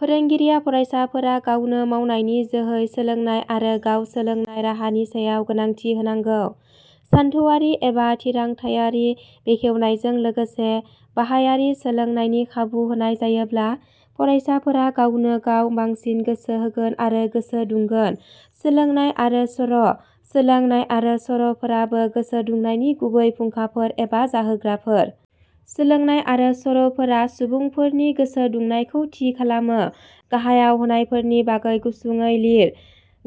फोरोंगिरिया फरायसाफोरा गावनो मावनायनि जोहै सोलोंनाय आरो गाव सोलोंनाय राहानि सायाव गोनांथि होनांगौ। सानथौवारि एबा थिरांथाइयारि बेखेवनायजों लोगोसे बाहायारि सोलोंनायनि खाबु होनाय जायोब्ला फरायसाफोरा गावनो गाव बांसिन गोसो होगोन आरो गोसो दुंगोन। सोलोंनाय आरो सर' सोलोंनाय आरो सर 'फोराबो गोसो दुंनायनि गुबै फुंखाफोर एबा जाहोग्राफोर। सोलोंनाय आरो सर 'फोरा सुबुंफोरनि गोसो दुंनायखौ थि खालामो। गाहायाव होनायफोरनि बागै गुसुंङै लिर।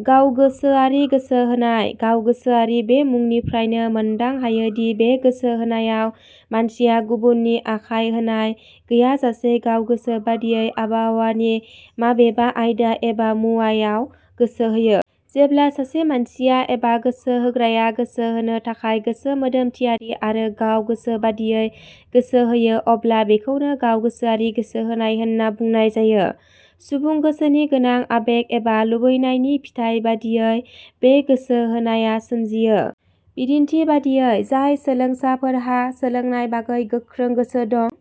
गावगोसोआरि गोसो होनाय गाव गोसोआरि बे मुंनिफ्रायनो मोनदां हायो दि बे गोसो होनायाव मानसिया गुबुननि आखाय होनाय गैयाजासे गाव गोसो बादियै आबहावानि माबेबा आयदा एबा मुवायाव गोसो होयो। जेब्ला सासे मानसिया एबा गोसो होग्राया गोसो होनो थाखाय गोसो मोदोम थियारि आरो गाव गोसो बादियै गोसो होयो अब्ला बेखौनो गाव गोसोआरि गोसो होनाय होनना बुंनाय जायो। सुबुं गोसोनि गोनां आबेग एबा लुबैनायनि फिथाइ बादियै बे गोसो होनाया सोमजियो। बिदिन्थि बादियै, जाय सोलोंसाफोरहा, सोलोंनाय बागै गोख्रों गोसो दं,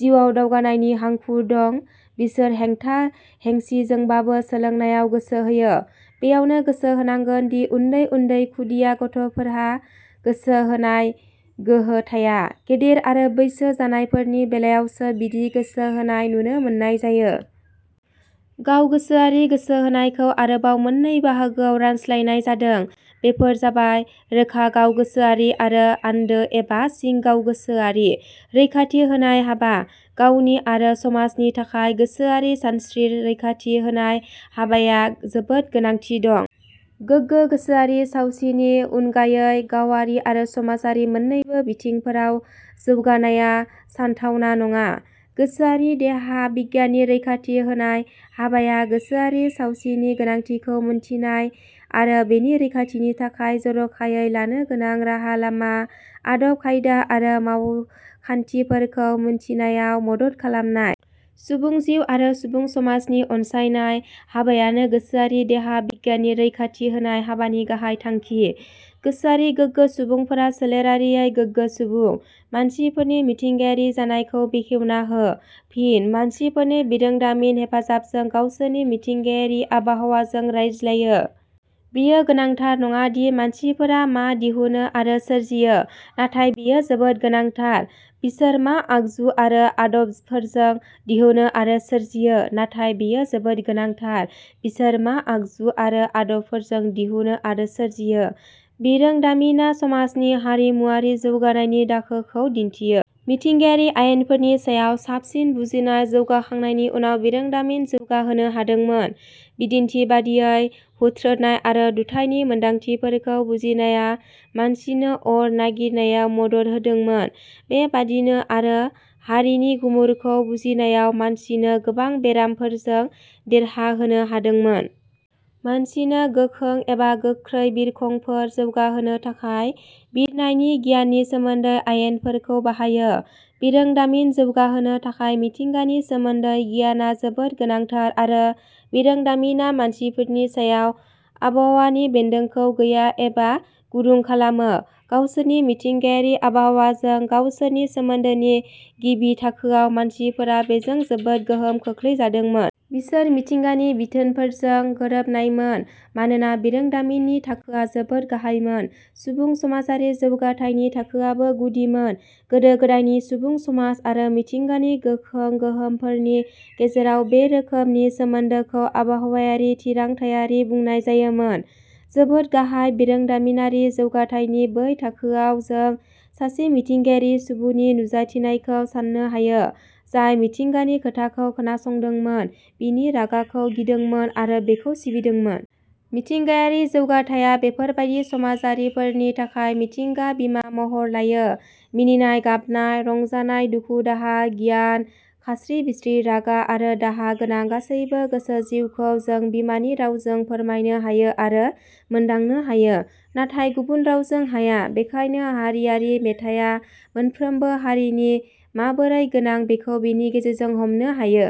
जिउआव दावगानायनि हांखुर दं, बिसोर हेंथा हेंसिजोंबाबो सोलोंनायाव गोसो होयो। बेयावनो गोसो होनांगोन दि उन्दै उन्दै खुदिया गथ'फोरहा गोसो होनाय गोहो थाया। गेदेर आरो बैसो जानायफोरनि बेलायावसो बिदि गोसो होनाय नुनो मोननाय जायो। गावगोसोआरि गोसो होनायखौ आरोबाव मोननै बाहागोआव रानस्लायनाय जादों, बेफोर जाबाय- रोखा गावगोसोआरि आरो आन्दो एबा सिं गावगोसोआरि। रैखाथि होनाय हाबा: गावनि आरो समाजनि थाखाय गोसोआरि सावस्रि रैखाथि होनाय हाबाया जोबोद गोनांथि दं। गोगो गोसोआरि सावनिनि उनगायै गावारि आरो समाजारि मोननैबो बिथिंफोराव जौगानाया सानथावना नङा। गोसोआरि देहा बिगियाननि रैखाथि होनाय हाबाया गोसोआरि सावनिनि गोनांथिखौ मिथिनाय आरो बेनि रैखाथिनि थाखाय जर 'खायै लानो गोनां राहा-लामा, आदब-खायदा आरो मावखान्थिफोरखौ मिथिनायाव मदद खालामनाय। सुबुं जिउ आरो सुबुं समाजनि अनसायनाय हाबायानो गोसोआरि देहा बिगियाननि रैखाथि होनाय हाबानि गाहाइ थांखि। गोसोआरि गोगो सुबुंफोरा सोलेरारियै गोगो सुबुं। मानसिफोरनि मिथिंगायारि जानायखौ बेखेवना हो। फिन: मानसिफोरनि बिरोंदामिननि हेफाजाबजों गावसोरनि मिथिंगायारि आबहावाजों रायज्लायो। बेयो गोनांथार नङादि मानसिफोरा मा दिहुनो आरो सोरजियो। नाथाय बेयो जोबोद गोनांथार- "बिसोर मा आगजु आरो आदबफोरजों दिहुनो आरो सोरजियो। नाथाय बेयो जोबोद गोनांथार 'बिसोर मा आगजु आरो आदबफोरजों दिहुनो आरो सोरजियो? " बिरोंदामिना समाजनि हारिमुवारि जौगानायनि दाखोखौ दिन्थियो। मिथिंगायारि आयेनफोरनि सायाव साबसिन बुजिनाय जौगाखांनायनि उनाव बिरोंदामिन जौगाहोनो हादोंमोन। बिदिन्थि बादियै, हुथ्रोदनाय आरो दुथाइनि मोन्दांथिफोरखौ बुजिनाया मानसिनो अर नागिरनायाव मदद होदोंमोन। बे बायदिनो आरो हारिनि गुमुरखौ बुजिनायाव मानसिनो गोबां बेरामफोरजों देरहाहोनो हादोंमोन। मानसिनो गोखों एबा गोख्रै बिरखंफोर जौगाहोनो थाखाय बिरनायनि गियाननि सोमोन्दै आयेनफोरखौ बाहायो। बिरोंदामिन जौगाहोनो थाखाय मिथिंगानि सोमोन्दै गियानआ जोबोद गोनांथार आरो बिरोंदामिनआ मानसिफोरनि सायाव आबहावानि बेन्दोंखौ गैया एबा गुरुं खालामो। गावसोरनि मिथिंगायारि आबहावाजों गावसोरनि सोमोन्दोनि गिबि थाखोआव मानसिफोरा बेजों जोबोद गोहोम खोख्लैजादोंमोन। बिसोर मिथिंगानि बिथोनफोरजों गोरोबनायमोन। मानोना बिरोंदामिननि थाखोआ जोबोद गाहायमोन। सुबुं समाजारि जौगाथाइनि थाखोआबो गुदिमोन। गोदो- गोदायनि सुबुं समाज आरो मिथिंगानि गोखों गोहोफोरनि गेजेराव बे रोखोमनि सोमोन्दोखौ आबहावायारि थिरांथायारि बुंनाय जायोमोन। जोबोद गाहाय बिरोंदामिनारि जौगाथाइनि बै थाखोआव जों सासे मिथिंगायारि सुबुनि नुजाथिनायखौ साननो हायो, जाय मिथिंगानि खोथाखौ खोनासंदोंमोन, बिनि रागाखौ गिदोंमोन आरो बेखौ सिबिदोंमोन। मिथिंगायारि जौगाथाइया बेफोरबादि समाजारिफोरनि थाखाय मिथिंगाया बिमा महर लायो। मिनिनाय-गाबनाय, रंजानाय, दुखु दाहा, गियान, खास्रि बिस्रि, रागा आरो दाहा गोनां गासैबो गोसो जिउखौ जों बिमानि रावजों फोरमायनो हायो आरो मोन्दांनो हायो। नाथाय गुबुन रावजों हाया। बेखायनो हारियारि मेथाइया मोनफ्रोमबो हारिनि माबोरै गोनां बेखौ बेनि गेजेरजों हमनो हायो।